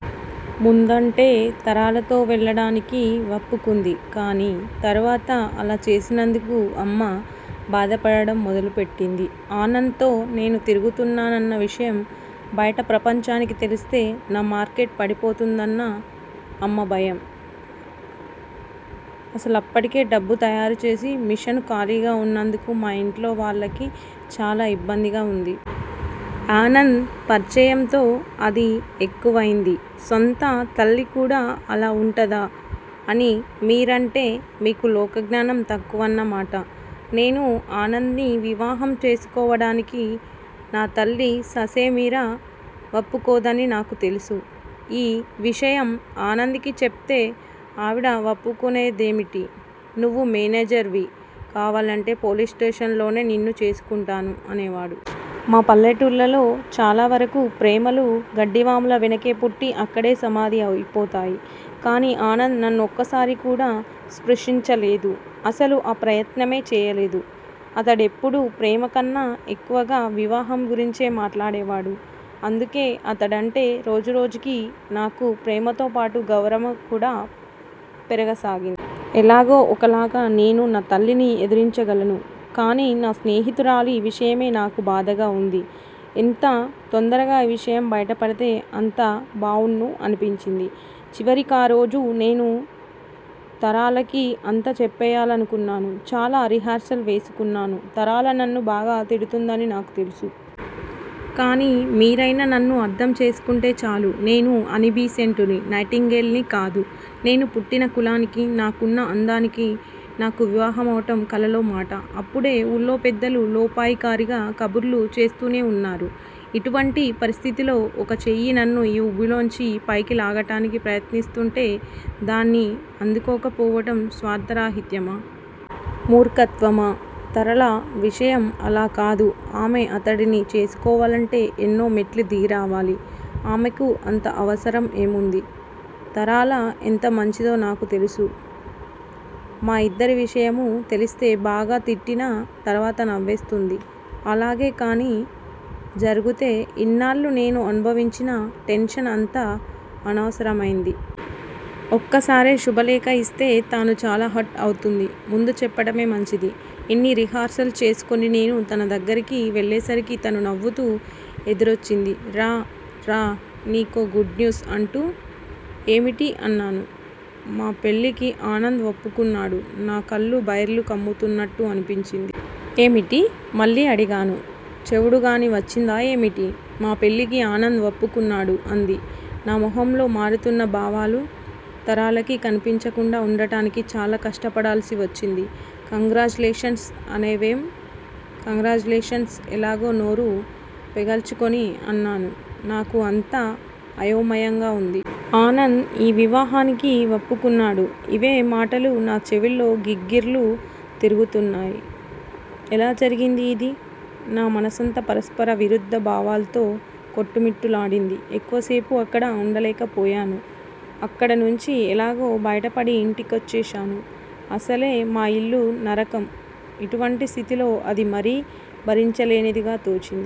ముందంటే తరళతో వెళ్ళటానికి వప్పుకుంది కానీ, తరువాత అలా చేసినందుకు అమ్మ బాధపడటం మొదలు పెట్టింది. ఆనంద్ తో నేను తిరుగుతున్నానన్న విషయం బయట ప్రపంచానికి తెలిస్తే నా మార్కెట్ పడిపోతుందన్న అమ్మ భయం అసలిప్పటికే, డబ్బు తయారు చేసే మిషను ఖాళీగా వున్నందుకు మా ఇంట్లో వాళ్ళకి చాలా ఇబ్బందిగా వుంది. ఆనంద్ పరిచయంతో అది ఎక్కువైంది. స్వంత తల్లికూడా అలా వుంటుందా అని మీరంటే మీకు లోకజ్ఞానం తక్కువన్నమాట. నేను ఆనంద్ ని వివాహం చేసుకోవటానికి నా తల్లి ససేమిరా వప్పుకోదని నాకు తెలుసు. ఈ విషయం ఆనంద్ కి చెప్తే ఆవిడ వప్పుకొనేదేమిటి? నువ్వు మేజర్ వి కావాలంటే పోలీస్ స్టేషన్ లోనే నిన్ను చేసుకుంటాను అనేవాడు. మా పల్లెటూళ్ళల్లో చాలావరకు ప్రేమలు గడ్డివాముల వెనకే పుట్టి, అక్కడే సమాధి అయిపోతాయి. కానీ ఆనంద్ నన్ను ఒక్కసారి కూడా స్పృశించలేదు. అసలు ఆ ప్రయత్నమే చేయలేదు. అతడెప్పుడూ ప్రేమకన్నా ఎక్కువగా వివాహం గురించే మాట్లాడేవాడు. అందుకే అతడంటే రోజురోజుకీ నాకు ప్రేమతోపాటు గౌరవం కూడా పెరగసాగింది. ఎలాగో ఒకలాగా నేను నా తల్లిని ఎదురించగలను. కానీ నా స్నేహితురాలి విషయమే నాకు బాధగా వుంది. ఎంత తొందరగా ఈ విషయం బయటపడితే అంత బావుణ్ణు అనిపించింది. చివరి కారోజు నేను తరళకి అంతా చెప్పెయ్యాలనుకున్నాను. చాలా రిహార్సల్స్ వేసుకున్నాను. తరళ నన్ను బాగా తిడుతుందని నాకు తెలుసు. కానీ మీరైనా నన్ను అర్ధం చేసుకుంటే చాలు. నేను అనిబిసెంటునీ, నైటింగే ల్ నీ కాదు. నేను పుట్టిన కులానికీ, నాకున్న అందానికీ నాకు వివాహమవటం కలలో మాట. అప్పుడే వూళ్ళో పెద్దలు 'లోపాయికారీ'గా కబుర్లు చేస్తూనే వున్నారు. ఇటువంటి పరిస్థితిలో ఒక చెయ్యి నన్ను ఈ వూబిలోంచి పైకి లాగటానికి ప్రయత్నిస్తూంటే, దాన్ని అందుకోకపోవటం స్వార్ధరాహిత్యమా? మూర్ఖత్వమా? తరళ విషయం అలాకాదు. ఆమె అతడిని చేసుకోవాలంటే ఎన్నో మెట్లు దిగి రావాలి. ఆమెకు అంత అవసరం ఏముంది? తరళ ఎంత మంచిదో నాకు తెలుసు. మా ఇద్దరి విషయమూ తెలిస్తే బాగా తిట్టినా, తరువాత నవ్వేస్తుంది. అలాగే గానీ జరుగుతే, ఇన్నాళ్ళూ నేను అనుభవించిన టెన్షన్ అంతా అనవసరమైంది. ఒక్కసారే శుభలేఖ ఇస్తే తను చాలా హర్ట్ అవుతుంది. ముందు చెప్పటమే మంచిది. ఇన్ని రిహార్సల్స్ చేసుకుని నేను తన దగ్గిరకు వెళ్ళేసరికి తను నవ్వుతూ ఎదురొచ్చింది. రా రా నీకో గుడ్ న్యూస్ అంటూ. ఏమిటి? అన్నాను. మా పెళ్ళికి ఆనంద్ వప్పుకున్నాడు. నా కళ్ళు బైర్లు కమ్ముతున్నట్టు అనిపించింది. ఏమిటీ? మళ్ళీ అడిగాను. చెవుడుగానీ వచ్చిందా ఏమిటి? మా పెళ్ళికి ఆనంద్ వప్పుకున్నాడు- అంది. నా మొహంలో మారుతున్న భావాలు తరళ కి కనిపించకుండా ఉండటానికి చాలా కష్టపడవలసి వచ్చింది. కంగ్రాచ్యులేషన్స్ అనవేం? కంగ్రాచ్యులేషన్స్. ఎలాగో నోరు పెగల్చుకుని అన్నాను. నాకు అంతా అయోమయంగా వుంది. 'ఆనంద్ యీ వివాహానికి వప్పుకున్నాడు'. ఇవే మాటలు నా చెవుల్లో గింగిర్లు తిరుగుతున్నాయి. ఎలా జరిగింది ఇది? నా మనసంతా పరస్పర విరుద్ద భావాల్తో కొట్టుమిట్టులాడింది. ఎక్కువసేపు అక్కడ వుండలేకపోయాను! అక్కడనుంచి ఎలాగో బయటపడి ఇంటికొచ్చేశాను. అసలే మా ఇల్లు నరకం ఇటువంటి స్థితిలో అది మరీ భరించలేనిదిగా తోచింది.